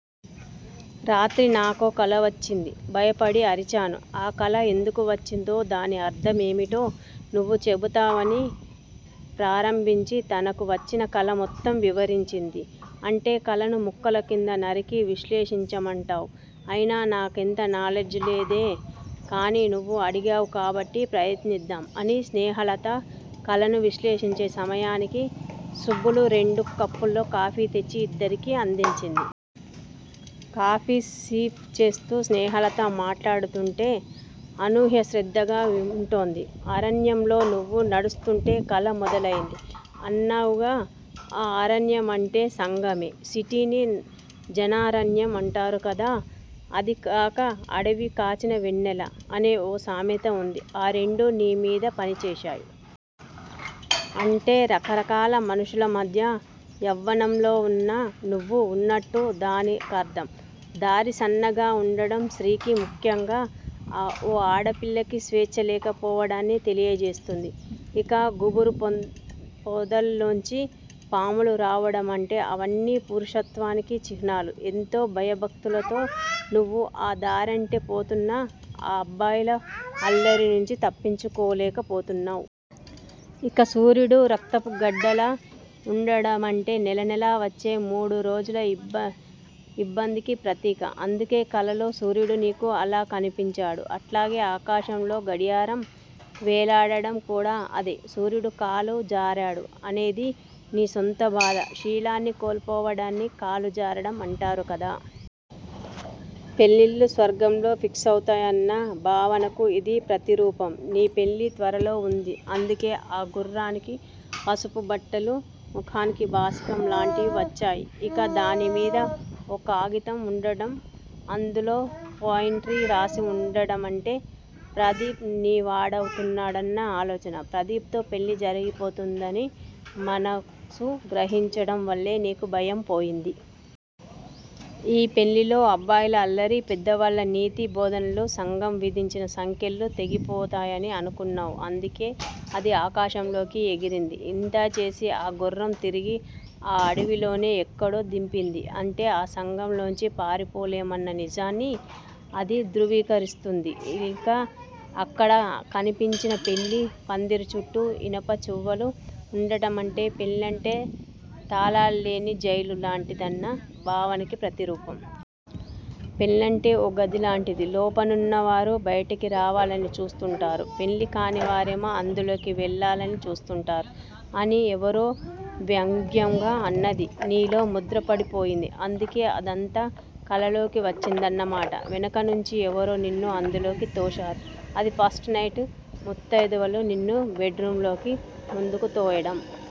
రాత్రి నాకో కల వచ్చింది భయపడి అరిచాను. ఆ కల ఎందుకు వచ్చిందో, దాని అర్థం ఏమిటో నువ్వు చెబుతావని అని ప్రారంభించి, తనకు వచ్చిన కల మొత్తం వివరించింది. అంటే కలను ముక్కలు కింద నరికి, విశ్లేషించమంటావ్. అయినా నాకంత నాలెడ్జ్ లేదే. కానీ నువ్వు అడిగావు కాబట్టి ప్రయత్నిద్దాం అని స్నేహలత కలను విశ్లేషించే సమయానికి సుబ్బులు రెండు కప్పుల్లో కాఫీ తెచ్చి ఇద్దరికీ అందించింది. కాఫీ సిప్ చేస్తూ స్నేహలత మాట్లాడుతుంటే అనూహ్య శ్రద్ధగా వింటోంది. అరణ్యంలో నువ్వు నడుస్తుంటే కల మొదలయింది అన్నావుగా ఆఁ అరణ్యం అంటే సంఘమే. సిటీని జనారణ్యం అంటారు కదా. అదీగాక అడవి కాచిన వెన్నెల అనే ఓ సామెత వుంది. ఆ రెండూ నీ మీద పనిచేశాయి. అంటే రకరకాల మనుషుల మధ్య యవ్వనంలో వున్న నువ్వు వున్నట్టు దాని కర్థం. దారి సన్నగా వుండడం స్త్రీకి, ముఖ్యంగా ఓ ఆడపిల్లకి స్వేచ్చ లేకపోవడాన్ని తెలియజేస్తుంది. ఇక గుబురు పొదల్లోంచి పాములు రావడము అంటే అవన్నీ పురుషత్వానికి చిహ్నాలు. ఎంతో భయభక్తులతో నువ్వు ఆ దారంటే పోతున్నా అబ్బాయిల అల్లరి నుంచి తప్పించుకోలేకపోతున్నావ్. ఇక సూర్యుడు రక్తపు గడ్డలా వుండడమంటే నెలనెలా వచ్చే మూడురోజుల ఇబ్బందికి ప్రతీక. అందుకే కలలో సూర్యుడు నీకు అలా కనిపించాడు. అట్లాగే ఆకాశంలో గడియారం వేలాడడం కూడా అదే. సూర్యుడు కాలు జారాడు అనేది నీ సొంత బాధ. శీలాన్ని కోల్పోవడాన్ని కాలు జారడం అంటారు కదా. పెళ్ళిళ్ళు స్వర్గంలో ఫిక్స్ అవుతాయన్న భావనకు ఇది ప్రతిరూపం. నీ పెళ్ళి త్వరలో వుంది. అందుకే ఆ గుర్రానికి పసుపు బట్టలు, ముఖానికి బాసికం లాంటివి వచ్చాయి. ఇక దానిమీద ఓ కాగితం వుండడం, అందులో పొయిట్రీ రాసి వుండడమంటే ప్రదీప్ నీవాడవుతున్నాడన్న ఆలోచన. ప్రదీప్ తో పెళ్ళి జరిగిపోతుందని మనసు గ్రహించడం వల్లే నీకు భయం పోయింది. ఈ పెళ్ళిలో అబ్బాయిల అల్లరి, పెద్దవాళ్ళ నీతి బోధనలు, సంఘం విధించిన సంకెళ్ళు తెగిపోతాయని అనుకున్నావ్. అందుకే అది ఆకాశంలోకి ఎగిరింది. ఇంతా చేసి ఆ గుర్రం తిరిగి ఆ అడవిలోనే ఎక్కడో దింపింది. అంటే ఆ సంఘంలోంచి పారిపోలేమన్న నిజాన్ని అది ధృవీకరిస్తుంది. ఇక అక్కడ కనిపించిన పెళ్ళి పందిరిచుట్టూ ఇనుప చువ్వలు వుండడమంటే పెళ్ళంటే తాళాల్లేని జైలు లాంటిదన్న భావనకి ప్రతిరూపం. పెళ్ళంటే ఓ గదిలాంటిది. లోపనున్నవారు బయటికి రావాలని చూస్తుంటారు. పెళ్ళి కానివారేమో అందులోకి వెళ్ళాలని చూస్తుంటారు. అని ఎవరో వ్యంగ్యంగా అన్నది నీలో ముద్రపడిపోయింది. అందుకే అదంతా కలలోకి వచ్చిందన్న మాట. వెనకనుంచి ఎవరో నిన్ను అందులోకి తోశారు. అది ఫస్ట్ నైట్ ముత్తయిదువలు నిన్ను బెడ్ రూమ్ లోకి ముందుకు తోయడం.